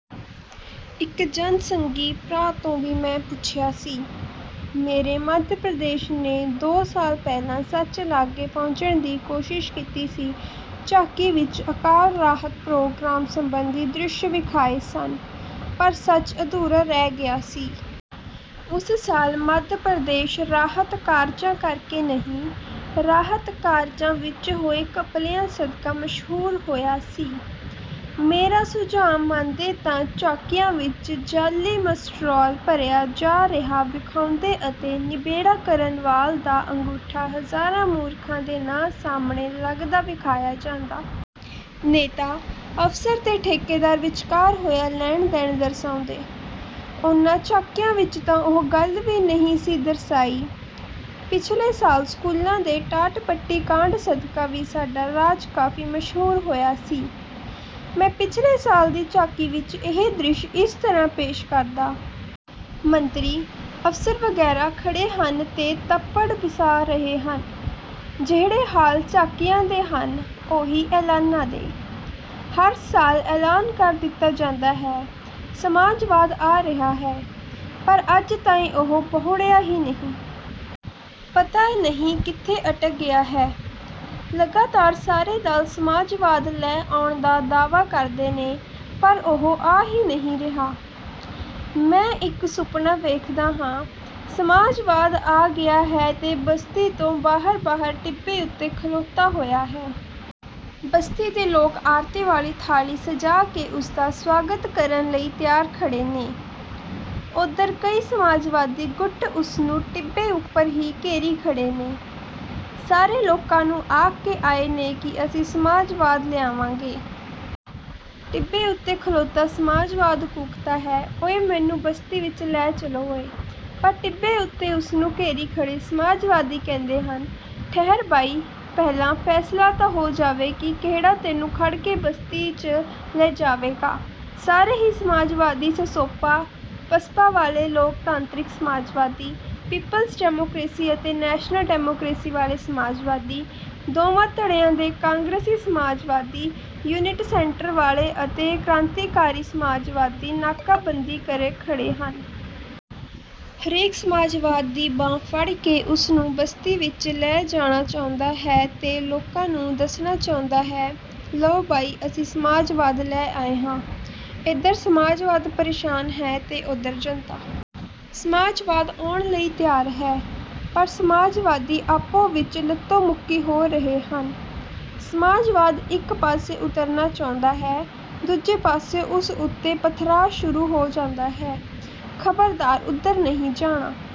ਇਕ ਜਨਸੰਘੀ ਭਰਾ ਤੋਂ ਵੀ ਮੈਂ ਪੁੱਛਿਆ ਸੀ। ਮੇਰੇ ਮੱਧ-ਪ੍ਰਦੇਸ਼ ਨੇ ਦੋ ਸਾਲ ਪਹਿਲਾਂ ਸੱਚ ਲਾਗੇ ਪਹੁੰਚਣ ਦੀ ਕੋਸ਼ਿਸ਼ ਕੀਤੀ ਸੀ, ਝਾਕੀ ਵਿਚ ਅਕਾਲ ਰਾਹਤ ਪ੍ਰੋਗਰਾਮ ਸੰਬੰਧੀ ਦ੍ਰਿਸ਼ ਵਿਖਾਏ ਸਨ। ਪਰ ਸੱਚ ਅਧੂਰਾ ਰਹਿ ਗਿਆ ਸੀ। ਉਸ ਸਾਲ ਮੱਧ-ਪ੍ਰਦੇਸ਼ ਰਾਹਤ ਕਾਰਜਾਂ ਕਰਕੇ ਨਹੀਂ, ਰਾਹਤ ਕਾਰਜਾਂ ਵਿਚ ਹੋਏ ਘਪਲਿਆਂ ਸਦਕਾ ਮਸ਼ਹੂਰ ਹੋਇਆ ਸੀ। ਮੇਰਾ ਸੁਝਾਅ ਮੰਗਦੇ ਤਾਂ ਝਾਕੀਆਂ ਵਿਚ ਜਾਲ੍ਹੀ ਮਸਟਰੋਲ ਭਰਿਆ ਜਾ ਰਿਹਾ ਵਿਖਾਉਂਦੇ ਅਤੇ ਨਿਬੇੜਾ ਕਰਨ ਵਾਲ ਦਾ ਅੰਗੂਠਾ ਹਜ਼ਾਰਾਂ ਮੂਰਖਾਂ ਦੇ ਨਾਂਅ ਸਾਹਮਣੇ ਲੱਗਦਾ ਵਿਖਾਇਆ ਜਾਂਦਾ। ਨੇਤਾ, ਅਫ਼ਸਰ ਤੇ ਠੇਕੇਦਾਰ ਵਿਚਕਾਰ ਹੋਇਆ ਲੈਣ-ਦੇਣ ਦਰਸਾਉਂਦੇ। ਉਹਨਾਂ ਝਾਕੀਆਂ ਵਿਚ ਤਾਂ ਉਹ ਗੱਲ ਵੀ ਨਹੀਂ ਸੀ ਦਰਸਾਈਂ। ਪਿਛਲੇ ਸਾਲ ਸਕੂਲਾਂ ਦੇ ਟਾਟ-ਪੱਟੀ ਕਾਂਢ ਸਦਕਾ ਵੀ ਸਾਡਾ ਰਾਜ ਕਾਫ਼ੀ ਮਸ਼ਹੂਰ ਹੋਇਆ ਸੀ। ਮੈਂ ਪਿਛਲੇ ਸਾਲ ਦੀ ਝਾਕੀ ਵਿਚ ਇਹ ਦ੍ਰਿਸ਼ ਇਸ ਤਰ੍ਹਾਂ ਪੇਸ਼ ਕਰਦਾ। ਮੰਤਰੀ, ਅਫ਼ਸਰ ਵਗ਼ੈਰਾ ਖੜ੍ਹੇ ਹਨ ਤੇ ਤੱਪੜ ਵਿਸਾ ਰਹੇ ਹਨ। ਜਿਹੜੇ ਹਾਲ ਝਾਕੀਆਂ ਦੇ ਹਨ, ਉਹੀ ਐਲਾਨਾ ਦੇ। ਹਰ ਸਾਲ ਐਲਾਨ ਕਰ ਦਿੱਤਾ ਜਾਂਦਾ ਹੈ, ਸਮਾਜਵਾਦ ਆ ਰਿਹਾ ਹੈ। ਪਰ ਅੱਜ ਤਾਈਂ ਉਹ ਬਹੁੜਿਆ ਹੀ ਨਹੀਂ। ਪਤਾ ਨਹੀਂ ਕਿੱਥੇ ਅਟਕ ਗਿਆ ਹੈ? ਲਗਾਤਾਰ ਸਾਰੇ ਦਲ ਸਮਾਜਵਾਦ ਲੈ ਆਉਣ ਦਾ ਦਾਅਵਾ ਕਰਦੇ ਨੇ, ਪਰ ਉਹ ਆ ਹੀ ਨਹੀਂ ਰਿਹਾ। ਮੈਂ ਇਕ ਸੁਪਨਾ ਵੇਖਦਾ ਹਾਂ: ਸਮਾਜਵਾਦ ਆ ਗਿਆ ਹੈ ਤੇ ਬਸਤੀ ਤੋਂ ਬਾਹਰ-ਬਾਹਰ ਟਿੱਬੇ ਉੱਤੇ ਖਲੋਤਾ ਹੋਇਆ ਹੈ। ਬਸਤੀ ਦੇ ਲੋਕ ਆਰਤੀ ਵਾਲੀ ਥਾਲੀ ਸਜਾ ਕੇ ਉਸਦਾ ਸਵਾਗਤ ਕਰਨ ਲਈ ਤਿਆਰ ਖੜ੍ਹੇ ਨੇ। ਉਧਰ ਕਈ ਸਮਾਜਵਾਦੀ ਗੁੱਟ ਉਸਨੂੰ ਟਿੱਬੇ ਉਪਰ ਹੀ ਘੇਰੀ ਖੜ੍ਹੇ ਨੇ। ਸਾਰੇ ਲੋਕਾਂ ਨੂੰ ਆਖ ਕੇ ਆਏ ਨੇ ਕਿ ਅਸੀਂ ਸਮਾਜਵਾਦ ਲਿਆਵਾਂਗੇ। ਟਿੱਬੇ ਉੱਤੇ ਖਲੋਤਾ ਸਮਾਜਵਾਦ ਕੂਕਦਾ ਹੈ, 'ਓਇ ਮੈਨੂੰ ਬਸਤੀ ਵਿਚ ਲੈ ਚੱਲੋ ਓਇ ' ਪਰ ਟਿੱਬੇ ਉੱਤੇ ਉਸਨੂੰ ਘੇਰੀ ਖੜ੍ਹੇ ਸਮਾਜਵਾਦੀ ਕਹਿੰਦੇ ਹਨ, 'ਠਹਿਰ ਬਈ, ਪਹਿਲਾਂ ਫੈਸਲਾ ਤਾਂ ਹੋ ਜਾਵੇ ਕਿ ਕਿਹੜਾ ਤੈਨੂੰ ਖੜ ਕੇ ਬਸਤੀ 'ਚ ਲਿਜਾਵੇਗਾ' ਸਾਰੇ ਹੀ ਸਮਾਜਵਾਦੀ ਸਸੋਪਾ, ਪਸਪਾ ਵਾਲੇ ਲੋਕ ਤਾਂਤਰਿਕ ਸਮਾਜਵਾਦੀ, ਪੀਪਲਜ਼ ਡੈਮੋਕਰੇਸੀ ਅਤੇ ਨੈਸ਼ਨਲ ਡੈਮੋਕਰੇਸੀ ਵਾਲੇ ਸਮਾਜਵਾਦੀ, ਦੋਵਾਂ ਧੜਿਆਂ ਦੇ ਕਾਂਗਰਸੀ ਸਮਾਜਵਾਦੀ, ਯੂਨਿਟ ਸੈਂਟਰ ਵਾਲੇ ਅਤੇ ਕਰਾਂਤੀਕਾਰੀ ਸਮਾਜਵਾਦੀ ਨਾਕਾਬੰਦੀ ਕਰੀ ਖੜ੍ਹੇ ਹਨ। ਹਰੇਕ ਸਮਾਜਵਾਦ ਦੀ ਬਾਂਹ ਫੜ੍ਹ ਕੇ ਉਸਨੂੰ ਬਸਤੀ ਵਿਚ ਲੈ ਜਾਣਾ ਚਾਹੁੰਦਾ ਹੈ ਤੇ ਲੋਕਾਂ ਨੂੰ ਦੱਸਣਾ ਚਾਹੁੰਦਾ ਹੈ, 'ਲਓ ਬਈ ਅਸੀਂ ਸਮਾਜਵਾਦ ਲੈ ਆਏ ਹਾਂ। ' ਇਧਰ ਸਮਾਜਵਾਦ ਪ੍ਰੇਸ਼ਾਨ ਹੈ ਤੇ ਉਧਰ ਜੰਤਾ। ਸਮਾਜਵਾਦ ਆਉਣ ਲਈ ਤਿਆਰ ਹੈ, ਪਰ ਸਮਾਜਵਾਦੀ ਆਪੋ ਵਿਚ ਲੱਤੋ-ਮੁੱਕੀ ਹੋ ਰਹੇ ਹਨ। ਸਮਾਜਵਾਦ ਇਕ ਪਾਸੇ ਉਤਰਨਾਂ ਚਾਹੁੰਦਾ ਹੈ, ਦੂਜੇ ਪਾਸਿਓਂ ਉਸ ਉੱਤੇ ਪਥਰਾਅ ਸ਼ੁਰੂ ਹੋ ਜਾਂਦਾ ਹੈ। 'ਖਬਰਦਾਰ ਉਧਰ ਨਹੀਂ ਜਾਣਾ।